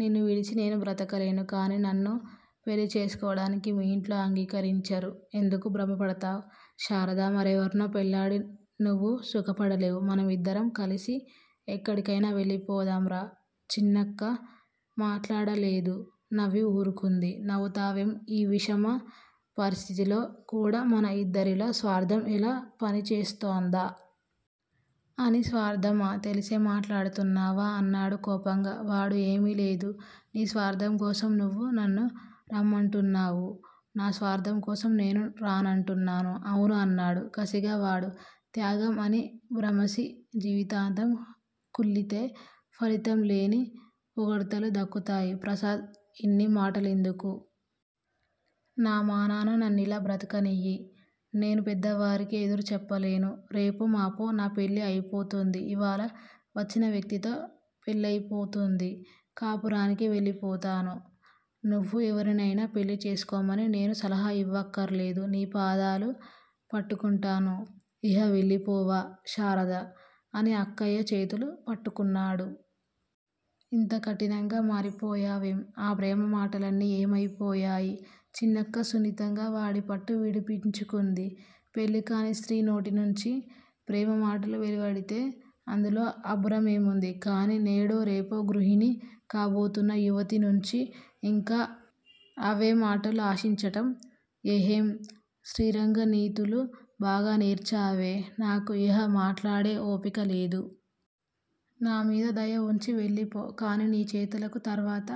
నిన్ను విడిచి నేను బ్రతకలేను. కానీ నన్ను పెళ్ళి చేసుకోవడానికి మీ ఇంట్లో అంగీకరించరు. ఎందుకు భ్రమపడతావ్ శారదా? మరెవర్నో పెళ్ళాడి నువ్వూ సుఖపడలేవు. మనమిద్దరం కలిసి ఎక్కడికైనా వెళ్ళిపోదాం రా! చిన్నక్క మాట్లాడలేదు. నవ్వి ఊరుకుంది. నవ్వుతావేం? ఈ విషమ పరిస్థితిలో కూడా మన ఇద్దరిలో స్వార్ధం ఎలా పనిచేస్తోందా? అని. స్వార్ధమా? తెలిసే మాట్లాడుతున్నావా? అన్నాడు కోపంగా వాడు. ఏమీలేదు, నీ స్వార్థంకోసం నువ్వు నన్ను రమ్మంటున్నావు. నా స్వార్ధం కోసం నేను రానంటున్నాను అవును అన్నాడు కసిగా వాడు. త్యాగం అని భ్రమసి జీవితాంతం కుళ్ళితే ఫలితంలేని పొగడ్తలు దక్కుతాయి. ప్రసాద్! ఇన్ని మాటలెందుకు? నా మానాన నన్నిలా బ్రతకనియ్యి. నేను పెద్దవారికి ఎదురుచెప్పలేను. రేపో మాపో నా పెళ్ళి అయిపోతుంది. ఇవాళ వచ్చినవ్యక్తితో పెళ్ళయిపోతుంది. కాపురానికి వెళ్ళిపోతాను. నువ్వూ ఎవరినైనా పెళ్ళి చేసుకోమని నేను సలహా ఇవ్వక్కరలేదు. నీ పాదాలు పట్టుకుంటాను. ఇహ వెళ్ళిపోవా? శారదా! అని అక్కయ్య చేతులు పట్టుకున్నాడు. ఇంత కఠినంగా మారిపోయావేం? ఆ ప్రేమమాటలన్నీ ఏమయిపోయాయి? చిన్నక్క సున్నితంగా వాడిపట్టు విడిపించుకుంది. పెళ్ళికాని స్త్రీ నోటినుంచి ప్రేమ మాటలు వెలువడితే అందులో అబ్బురమేముంది? కానీ నేడో రేపో గృహిణి కాబోతున్న యువతినుంచి ఇంకా అవే మాటలు ఆశించటం హేయం. శ్రీరంగనీతులు బాగా నేర్చావే? నాకు ఇహ మాట్లాడే ఓపికలేదు. నామీద దయ వుంచి వెళ్లిపో! కానీ నీ చేతలకు తర్వాత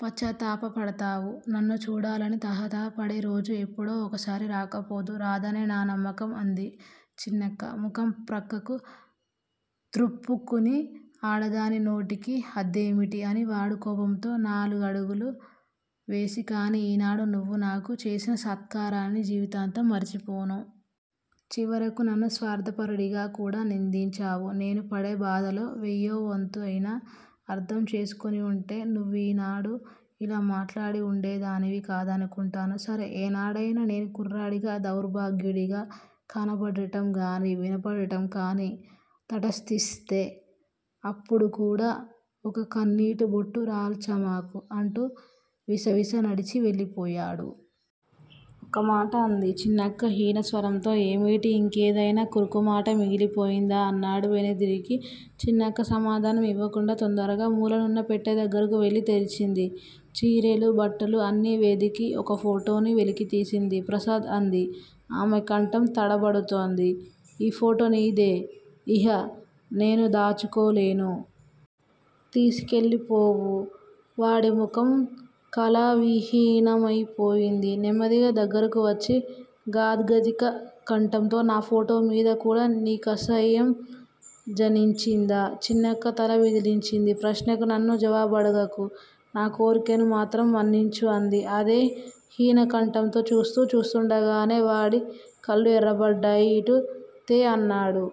పశ్చాత్తాపపడతావు. నన్ను చూడాలని తహ తహ పడేరోజు ఎప్పుడో ఒకసారి రాకపోదు. రాదనే నా నమ్మకం అంది చిన్నక్క ముఖం ప్రక్కకు త్రుప్పుకుని. ఆడదాని నోటికి హద్దేమిటి? అని వాడు కోపంతో నాలుగడుగులు వేసి కానీ ఈనాడు నువ్వు నాకు చేసిన సత్కారాన్ని జీవితాంతం మరచిపోను. చివరకు నన్ను స్వార్ధపరుడిగా కూడా నిందించావు. నేను పడే బాధలో వెయ్యో వంతయినా అర్ధం చేసుకునివుంటే నువ్వీనాడు ఇలా మాట్లాడి వుండేదానివి కాదనుకుంటాను. సరే! ఏనాడైనా నేను కుర్రాడిగా, దౌర్భాగ్యుడిగా కనబడటంగానీ, వినబడటంగానీ తటస్థిస్తే అప్పుడుకూడా ఒక కన్నీటిబొట్టు రాల్చమాకు అంటూ విసవిస నడిచి వెళ్ళిపోయాడు. ఒక్కమాట అంది చిన్నక్క హీనస్వరంతో. ఏమిటి? ఇంకేదైనా కరుకుమాట మిగిలిపోయిందా? అన్నాడు వెనుదిరిగి. చిన్నక్క సమాధానం ఇవ్వకుండా, తొందరగా మూలనున్న పెట్టెదగ్గరకు వెళ్ళి తెరిచింది. చీరెలు, బట్టలు అన్నీ వెదికి ఒక ఫోటోని వెలికితీసింది. ప్రసాద్! అంది. ఆమెకంఠం తడబడుతోంది. ఈ ఫోటో నీదే. ఇహ నేను దాచుకోలేను. తీసుకెళ్ళిపోవూ! వాడిముఖం కళావిహీనమైపోయింది. నెమ్మదిగా దగ్గరకు వచ్చి గాద్గదిక కంఠంతో నా ఫోటోమీద కూడా నీకసహ్యం జనించిందా? చిన్నక్క తల విదిలించింది. ప్రశ్నకు నన్ను జవాబడగకు. నాకోర్కెను మాత్రం మన్నించు అంది, అదే హీనకంఠంతో. చూస్తూ చూస్తుండగానే వాడి కళ్ళు ఎర్రబడ్డాయి. ఇటు తే అన్నాడు.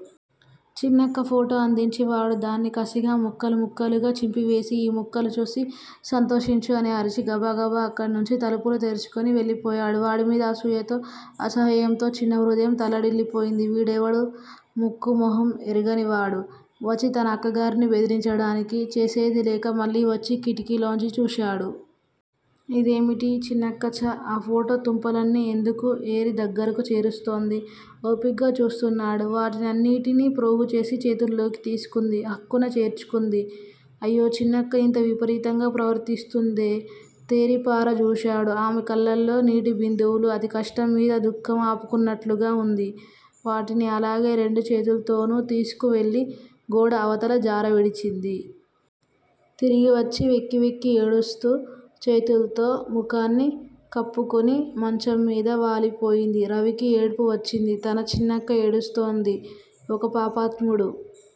చిన్నక్క ఫోటో అందించింది. వాడు దాన్ని కసిగా ముక్కలు ముక్కలుగా చింపివేసి, ఈ ముక్కలుచూసి సంతోషించు అని అరిచి గబగబ అక్కడ్నుంచి తలుపులు తెరుచుకుని వెళ్ళిపోయాడు. వాడిమీద అసూయతో, అసహ్యంతో చిన్నహృదయం తల్లడిల్లిపోయింది. వీడెవడు? ముక్కూ మొహం ఎరుగనివాడు వచ్చి తన అక్కగారిని బెదిరించడానికి? చేసేదిలేక మళ్ళీవచ్చి కిటికీలోంచి చూశాడు. ఇదేమిటి, చిన్నక్క? ఛ! ఆ ఫోటో తుంపులన్నీ ఎందుకు ఏరి దగ్గరకు చేరుస్తోంది? ఓపిగ్గా చూస్తున్నాడు. వాటినన్నిటినీ ప్రోగుచేసి చేతుల్లోకి తీసుకుంది. అక్కున చేర్చుకుంది. అయ్యో! చిన్నక్క ఇంత విపరీతంగా ప్రవర్తిస్తుందే? తేరిపారజూశాడు. ఆమె కళ్ళల్లో నీటిబిందువులు. అతికష్టంమీద దుఃఖం ఆపుకుంటున్నట్లుగా వుంది. వాటిని అలాగే రెండు చేతుల్తోనూ తీసుకు వెళ్ళి గోడ అవతల జారవిడిచింది. తిరిగివచ్చి వెక్కి వెక్కి ఏడుస్తూ చేతుల్తో ముఖాన్ని కప్పుకుని మంచంమీద వాలిపోయింది. రవికి ఏడుపు వచ్చింది. తన చిన్నక్క ఏడుస్తోంది. ఒక పాపాత్ముడు